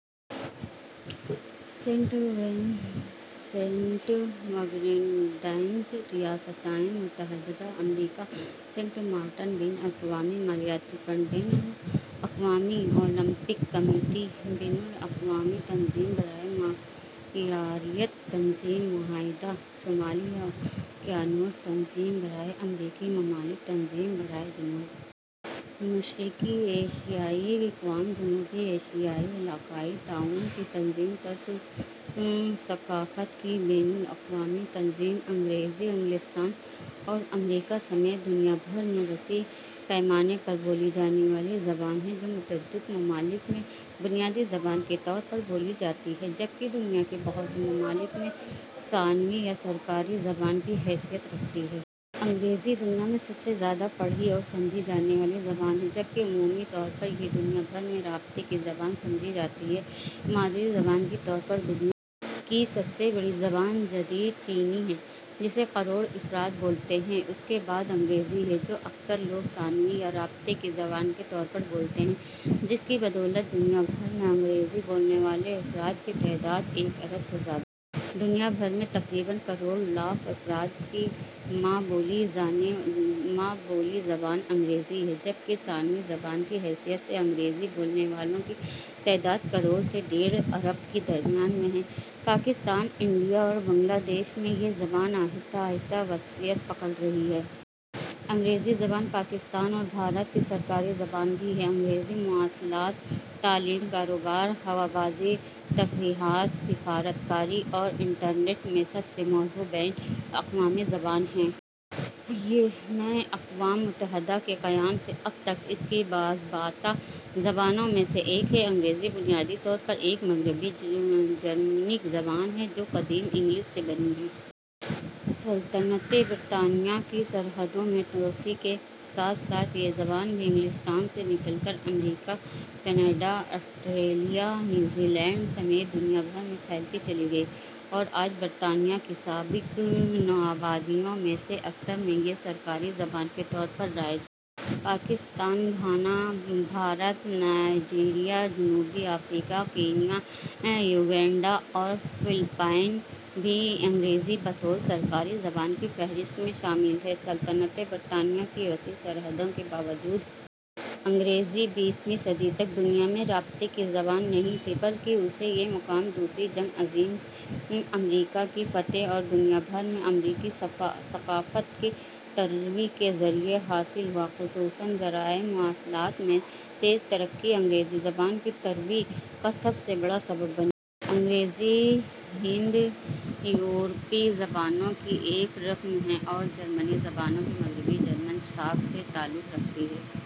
Saint Vincent و Grenadines ریاستہائے متحدہ امریکا سنٹ مارٹن بین الاقوامی مالیاتی فنڈ بین الاقوامی اولمپک کمیٹی بین الاقوامی تنظیم برائے معیاریت تنظیم معاہدہ شمالی اوقیانوس تنظیم برائے امریکی ممالک تنظیم برائے جنوب مشرقی ایشیائی اقوام جنوبی ایشیائی علاقائی تعاون کی تنظیم ترک ثقافت کی بین الاقوامی تنظیم انگریزی انگلستان اور امریکا سمیت دنیا بھر میں وسیع پیمانے پر بولی جانے والی زبان ہے، جو متعدد ممالک میں بنیادی زبان کے طور پر بولی جاتی ہے، جبکہ دنیا کے بہت سے ممالک میں ثانوی یا سرکاری زبان کی حیثیت رکھتی ہے۔ انگریزی دنیا میں سب سے زیادہ پڑھی اور سمجھی جانے والی زبان ہے، جبکہ عمومی طور پر یہ دنیا بھر میں رابطے کی زبان سمجھی جاتی ہے۔ مادری زبان کے طور پر دنیا کی سب سے بڑی زبان جدید چینی ہے، جسے کروڑ افراد بولتے ہیں، اس کے بعد انگریزی ہے جو اکثر لوگ ثانوی یا رابطے کی زبان کے طور پر بولتے ہیں، جس کی بدولت دنیا بھر میں انگریزی بولنے والے افراد کی تعداد ایک ارب سے زیادہ ہے۔ دنیا بھر میں تقریباً کروڑ لاکھ افراد کی ماں بولی زبان انگریزی ہے، جبکہ ثانوی زبان کی حیثیت سے انگریزی بولنے والوں کی تعداد کروڑ سے ڈیڑھ ارب کے درمیان میں ہے۔ پاکستان ، انڈیا اور بنگلہ دیش میں یہ زبان آہستہ آہستہ وسعت پکڑ رہی ہے۔ انگریزی زبان پاکستان اور بھارت کی سرکاری زبان بھی ہے۔ انگریزی مواصلات ، تعلیم ، کاروبار ، ہوا بازی ، تفریحات، سفارت کاری اور انٹرنیٹ میں سب سے موزوں بین الاقوامی زبان ہے۔ یہ ء، میں اقوام متحدہ کے قیام سے اب تک اس کی باضابطہ زبانوں میں سے ایک ہے۔ انگریزی بنیادی طور پر ایک مغربی جرمینک زبان ہے، جو قدیم انگلش سے بنی ہے۔ سلطنتِ برطانیہ کی سرحدوں میں توسیع کے ساتھ ساتھ یہ زبان بھی انگلستان سے نکل کر امریکا ، کینیڈا ، آسٹریلیا ، نیوزی لینڈ سمیت دنیا بھر میں پھیلتی چلی گئی اور آج برطانیہ کی سابق نو آبادیوں میں سے اکثر میں یہ سرکاری زبان کے طور پر رائج ہے۔ پاکستان ، گھانا ، بھارت ، نائجیریا ، جنوبی افریقا ، کینیا ، یوگینڈا اور فلپائن بھی انگریزی بطور سرکاری زبان کی فہرست میں شامل ہیں۔ سلطنتِ برطانیہ کی وسیع سرحدوں کے باوجود انگریزی بیسویں صدی تک دنیا میں رابطے کی زبان نہیں تھی، بلکہ اسے یہ مقام دوسری جنگ عظیم میں امریکا کی فتح اور دنیا بھر میں امریکی ثقافت کی ترویج کے ذریعے حاصل ہوا، خصوصاً ذرائع مواصلات میں تیز ترقی انگریزی زبان کی ترویج کا سب سے بڑا سبب بنی۔ انگریزی ہند-یورپی زبانوں کی ایک رکن ہے اور جرمنی زبانوں کی مغربی جرمن شاخ سے تعلق رکھتی ہے۔